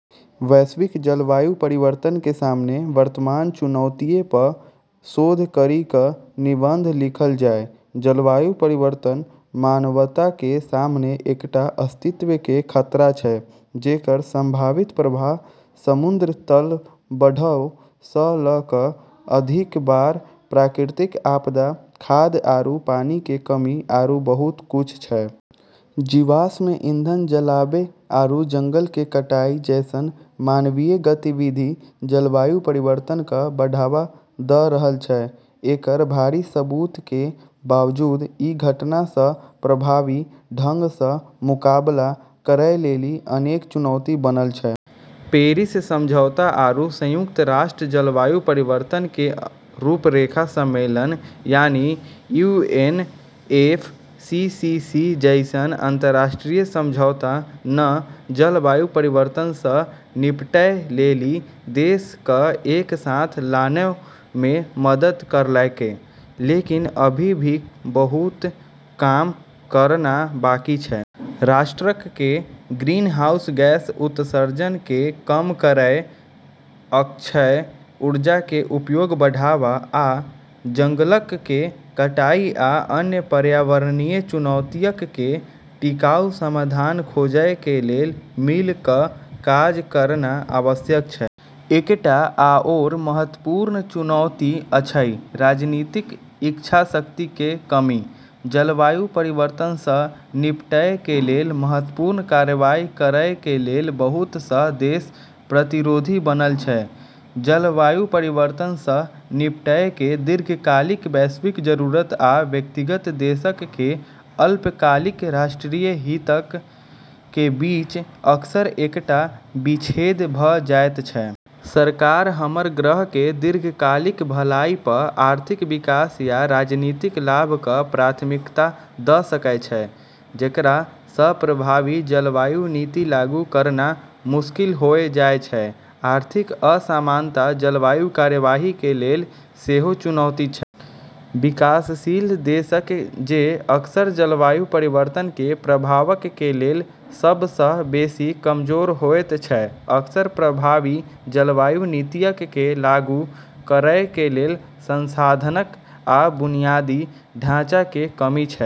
वैश्विक जलवायु परिवर्तन के सामने वर्तमान चुनौतिय प शोध करी क निबंध लिखल जाय जलवायु परिवर्तन मानवता के सामने एकटा अस्तित्व के खतरा छै, जेकर संभावित प्रभाव समुद्र तल बढ़ै स ल क अधिक बार प्राकृतिक आपदा, खाद्य आरू पानी के कमी, आरू बहुत कुछ छै। जीवाश्म ईंधन जलाबै आरू जंगल के कटाई जैसन मानवीय गतिविधि जलवायु परिवर्तन क बढ़ावा द रहल छै। एकर भारी सबूत के बावजूद, ई घटना स प्रभावी ढंग स मुकाबला करै लेली अनेक चुनौती बनल छै। पेरिस समझौता आरू संयुक्त राष्ट्र जलवायु परिवर्तन के रूपरेखा सम्मेलन यानी यूएनएफसीसीसी जैसन अंतर्राष्ट्रीय समझौता न जलवायु परिवर्तन स निपटै लेली देश क एक साथ लानै मे मदद करलकै, लेकिन अभी भी बहुत काम करना बाकी छै। राष्ट्रक के ग्रीनहाउस गैस उत्सर्जन के कम करय, अक्षय ऊर्जा के उपयोग बढ़ावा, आ जंगलक के कटाई आ अन्य पर्यावरणीय चुनौतियक के टिकाऊ समाधान खोजय के लेल मिल क काज करनाय आवश्यक छै। एकटा आओर महत्वपूर्ण चुनौती अछि राजनीतिक इच्छाशक्ति के कमी। जलवायु परिवर्तन सं निपटय के लेल महत्वपूर्ण कार्रवाई करय के लेल बहुत सं देश प्रतिरोधी बनल छै। जलवायु परिवर्तन सं निपटय के दीर्घकालिक, वैश्विक जरूरत आ व्यक्तिगत देशक के अल्पकालिक, राष्ट्रीय हितक के बीच अक्सर एकटा विच्छेद भ जायत छै। सरकार हमर ग्रह के दीर्घकालिक भलाई प आर्थिक विकास या राजनीतिक लाभ क प्राथमिकता द सकै छै, जेकरा स प्रभावी जलवायु नीति लागू करना मुश्किल होय जाय छै। आर्थिक असमानता जलवायु कार्यवाही के लेल सेहो चुनौती छै। विकासशील देशक, जे अक्सर जलवायु परिवर्तन के प्रभावक के लेल सब सं बेसि कमजोर होयत छै, अक्सर प्रभावी जलवायु नीतियक के लागू करय के लेल संसाधनक आ बुनियादी ढाँचा के कमी छै।